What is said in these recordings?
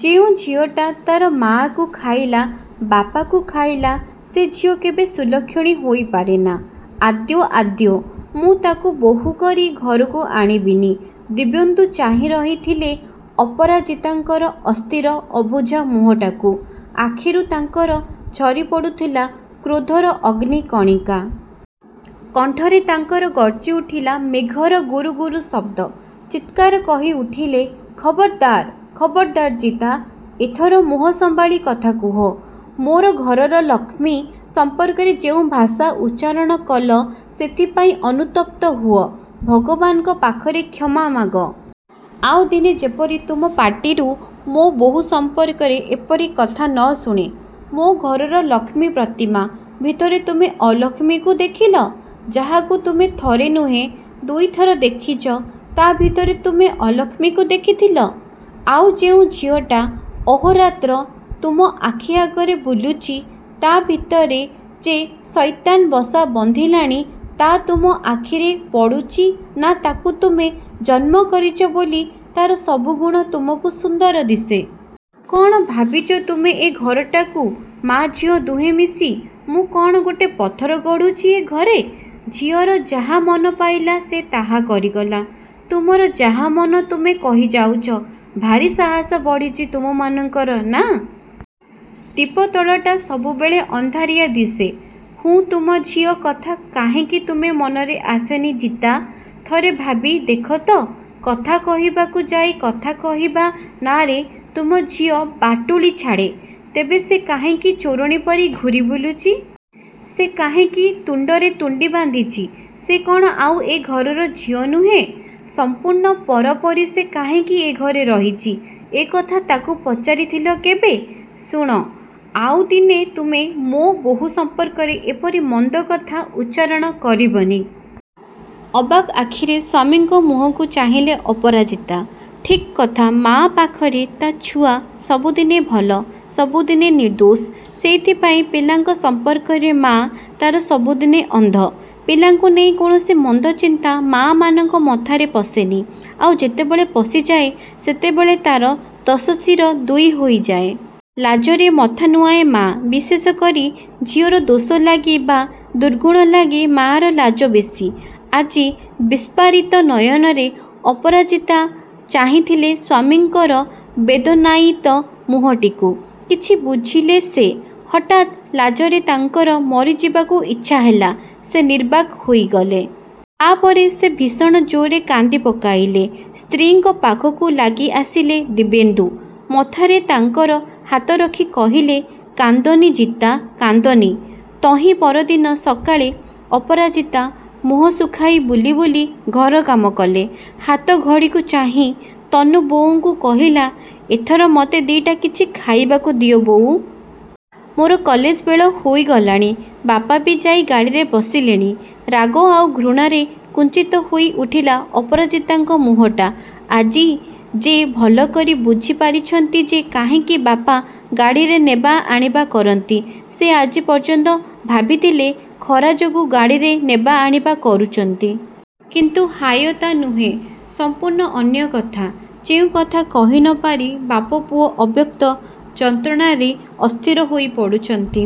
ଯେଉଁ ଝିଅଟା ତା'ର ମାଆକୁ ଖାଇଲା ବାପାକୁ ଖାଇଲା, ସେଇ ଝିଅ କେବେ ସୁଲକ୍ଷଣୀ ହୋଇ ପାରେନା। ଆଦୌ, ଆଦୌ ମୁଁ ତାକୁ ବୋହୂ କରି ଘରକୁ ଆଣିବିନି। ଦିବ୍ୟେନ୍ଦୁ ଚାହିଁ ରହିଥିଲେ ଅପରାଜିତାଙ୍କର ଅସ୍ଥିର, ଅବୁଝା ମୁହଁଟାକୁ। ଆଖିରୁ ତାଙ୍କର ଝରି ପଡ଼ୁଥିଲା କ୍ରୋଧର ଅଗ୍ନି କଣିକା। କଣ୍ଠରେ ତାଙ୍କର ଗର୍ଜି ଉଠିଲା ମେଘର ଗୁରୁ ଗୁରୁ ଶବ୍ଦ। ଚିତ୍କାର କହି ଉଠିଲେ ଖବର୍ଦାର୍, ଖବର୍ଦାର୍ ଜିତା, ଏଥର ମୁହଁ ସମ୍ଭାଳି କଥା କୁହ, ମୋର ଘରର ଲକ୍ଷ୍ମୀ ସମ୍ପର୍କରେ ଯେଉଁ ଭାଷା ଉଚ୍ଚାରଣ କଲ ସେଥିପାଇଁ ଅନୁତପ୍ତ ହୁଅ। ଭଗବାନଙ୍କ ପାଖରେ କ୍ଷମା ମାଗ। ଆଉ ଦିନେ ଯେପରି ତୁମ ପାଟିରୁ ମୋ ବୋହୂ ସମ୍ପର୍କରେ ଏପରି କଥା ନ ଶୁଣେ। ମୋ ଘରର ଲକ୍ଷ୍ମୀ ପ୍ରତିମା ଭିତରେ ତୁମେ ଅଲକ୍ଷ୍ମୀକୁ ଦେଖିଲ! ଯାହାକୁ ତୁମେ ଥରେ ନୁହେଁ ଦୁଇଥର ଦେଖିଛ, ତା' ଭିତରେ ତୁମେ ଅଲକ୍ଷ୍ମୀକୁ ଦେଖିଥିଲ? ଆଉ ଯେଉଁ ଝିଅଟା ଅହୋରାତ୍ର ତୁମ ଆଖି ଆଗରେ ବୁଲୁଛି ତା' ଭିତରେ ଯେ ସୈତାନ ବସା ବନ୍ଧିଲାଣି ତା' ତୁମ ଆଖିରେ ପଡ଼ୁଛି ନା ତାକୁ ତୁମେ ଜନ୍ମ କରିଛ ବୋଲି ତା'ର ସବୁ ଗୁଣ ତୁମକୁ ସୁନ୍ଦର ଦିଶେ। କ'ଣ ଭାବିଛ ତୁମେ ଏ ଘରଟାକୁ ମା' ଝିଅ ଦୁହେଁ ମିଶି? ମୁଁ କ'ଣ ଗୋଟେ ପଥର ଗଡ଼ୁଛି ଏ ଘରେ? ଝିଅର ଯାହା ମନ ପାଇଲା ସେ ତାହା କରିଗଲା। ତୁମର ଯାହା ମନ ତୁମେ କହି ଯାଉଛ। ଭାରି ସାହସ ବଢ଼ିଛି ତୁମମାନଙ୍କର ନା? ଦୀପ ତଳଟା ସବୁବେଳେ ଅନ୍ଧାରିଆ ଦିଶେ। ହୁଁ ତୁମ ଝିଅ କଥା କାହିଁକି ତୁମ ମନରେ ଆସେନି ଜିତା? ଥରେ ଭାବି ଦେଖ ତ, କଥା କହିବାକୁ ଯାଇ କଥା କହିବା ନାଁରେ ତୁମ ଝିଅ ବାଟୁଳି ଛାଡ଼େ। ତେବେ ସେ କାହିଁକି ଚୋରିଣୀ ପରି ଘୂରି ବୁଲୁଛି। ସେ କାହିଁକି ତୁଣ୍ଡରେ ତୁଣ୍ଡି ବାନ୍ଧିଛି। ସେ କ'ଣ ଆଉ ଏ ଘରର ଝିଅ ନୁହେଁ। ସମ୍ପୂର୍ଣ୍ଣ ପର ପରି ସେ କାହିଁକି ଏ ଘରେ ରହିଛି। ଏ କଥା ତାକୁ ପଚାରିଥିଲ କେବେ? ଶୁଣ, ଆଉ ଦିନେ ତୁମେ ମୋ ବୋହୂ ସମ୍ପର୍କରେ ଏପରି ମନ୍ଦ କଥା ଉଚ୍ଚାରଣ କରିବନି। ଅବାକ୍ ଆଖିରେ ସ୍ୱାମୀଙ୍କ ମୁହଁକୁ ଚାହିଁଲେ ଅପରାଜିତା। ଠିକ୍ କଥା ମାଆ ପାଖରେ ତା' ଛୁଆ ସବୁଦିନେ ଭଲ, ସବୁଦିନେ ନିର୍ଦ୍ଦୋଷ। ସେଇଥିପାଇଁ ପିଲାଙ୍କ ସମ୍ପର୍କରେ ମାଆ ତା'ର ସବୁଦିନେ ଅନ୍ଧ। ପିଲାଙ୍କୁ ନେଇ କୌଣସି ମନ୍ଦ ଚିନ୍ତା ମାଆମାନଙ୍କ ମଥାରେ ପଶେନି। ଆଉ ଯେତେବେଳେ ପଶିଯାଏ ସେତେବେଳେ ତା'ର ଦଶ ଶିର ଦୁଇହୋଇ ଯାଏ। ଲାଜରେ ମଥା ନୁଆଁଏ ମାଆ। ବିଶେଷ କରି ଝିଅର ଦୋଷ ଲାଗି ବା ଦୁର୍ଗୁଣ ଲାଗି ମାଆର ଲାଜ ବେଶୀ। ଆଜି ବିସ୍ଫାରିତ ନୟନରେ ଅପରାଜିତା ଚାହିଁଥିଲେ ସ୍ୱାମୀଙ୍କର ବେଦନାୟୀତ ମୁହଁଟିକୁ। କିଛି ବୁଝିଲେ ସେ। ହଠାତ୍ ଲାଜରେ ତାଙ୍କର ମରିଯିବାକୁ ଇଚ୍ଛା ହେଲା। ସେ ନିର୍ବାକ ହୋଇଗଲେ। ତା' ପରେ ସେ ଭୀଷଣ ଜୋର୍‌ରେ କାନ୍ଦି ପକାଇଲେ। ସ୍ତ୍ରୀଙ୍କ ପାଖକୁ ଲାଗି ଆସିଲେ ଦିବ୍ୟେନ୍ଦୁ। ମଥାରେ ତାଙ୍କର ହାତ ରଖି କହିଲେ କାନ୍ଦନି ଜିତା, କାନ୍ଦନି। ତହିଁ ପରଦିନ ସକାଳେ ଅପରାଜିତା ମୁହଁ ଶୁଖାଇ ବୁଲି ବୁଲି ଘର କାମ କଲେ। ହାତ ଘଡ଼ିକୁ ଚାହିଁ ତନୁ ବୋଉଙ୍କୁ କହିଲା ଏଥର ମତେ ଦି'ଟା କିଛି ଖାଇବାକୁ ଦିଅ ବୋଉ। ମୋର କଲେଜ ବେଳ ହୋଇଗଲାଣି। ବାପା ବି ଯାଇ ଗାଡ଼ିରେ ବସିଲେଣି। ରାଗ ଆଉ ଘୃଣାରେ କୁଞ୍ଚିତ ହୋଇ ଉଠିଲା ଅପରାଜିତାଙ୍କ ମୁହଁଟା। ଆଜି ଯେ ଭଲ କରି ବୁଝି ପାରିଛନ୍ତି ଯେ କାହିଁକି ବାପା ଗାଡ଼ିରେ ନେବା ଆଣିବା କରନ୍ତି। ସେ ଆଜି ପର୍ଯ୍ୟନ୍ତ ଭାବିଥିଲେ ଖରା ଯୋଗୁଁ ଗାଡ଼ିରେ ନେବା ଆଣିବା କରୁଚନ୍ତି। କିନ୍ତୁ ହାୟ ତା' ନୁହେଁ, ସମ୍ପୂର୍ଣ୍ଣ ଅନ୍ୟ କଥା ଯେଉଁ କଥା କହି ନ ପାରି ବାପ ପୁଅ ଅବ୍ୟକ୍ତ ଯନ୍ତ୍ରଣାରେ ଅସ୍ଥିର ହୋଇ ପଡ଼ୁଛନ୍ତି।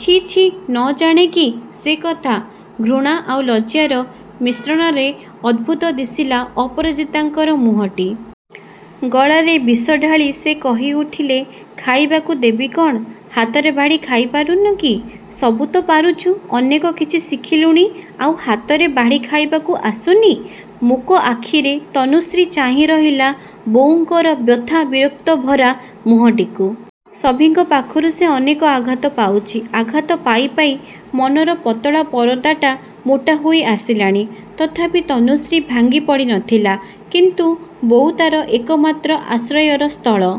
ଛି ଛି ନ ଜାଣେ କି ସେକଥା। ଘୃଣା ଆଉ ଲଜ୍ଜାର ମିଶ୍ରଣରେ ଅଦ୍ଭୁତ ଦିଶିଲା ଅପରାଜିତାଙ୍କର ମୁହଁଟି। ଗଳାରେ ବିଷ ଢାଳି ସେ କହି ଉଠିଲେ ଖାଇବାକୁ ଦେବି କ'ଣ, ହାତରେ ବାଢ଼ି ଖାଇ ପାରୁନୁ କି? ସବୁ ତ ପାରୁଛୁ, ଅନେକ କିଛି ଶିଖିଲୁଣି। ଆଉ ହାତରେ ବାଢ଼ି ଖାଇବାକୁ ଆସୁନି? ମୂକ ଆଖିରେ ତନୁଶ୍ରୀ ଚାହିଁ ରହିଲା ବୋଉଙ୍କର ବ୍ୟଥା ବିରକ୍ତ ଭରା ମୁହଁଟିକୁ। ସଭିଙ୍କ ପାଖରୁ ସେ ଅନେକ ଆଘାତ ପାଉଛି। ଆଘାତ ପାଇ ପାଇ ମନର ପତଳା ପରଦାଟା ମୋଟା ହୋଇ ଆସିଲାଣି। ତଥାପି ତନୁଶ୍ରୀ ଭାଙ୍ଗି ପଡ଼ି ନଥିଲା। କିନ୍ତୁ ବୋଉ ତା'ର ଏକମାତ୍ର ଆଶ୍ରୟର ସ୍ଥଳ।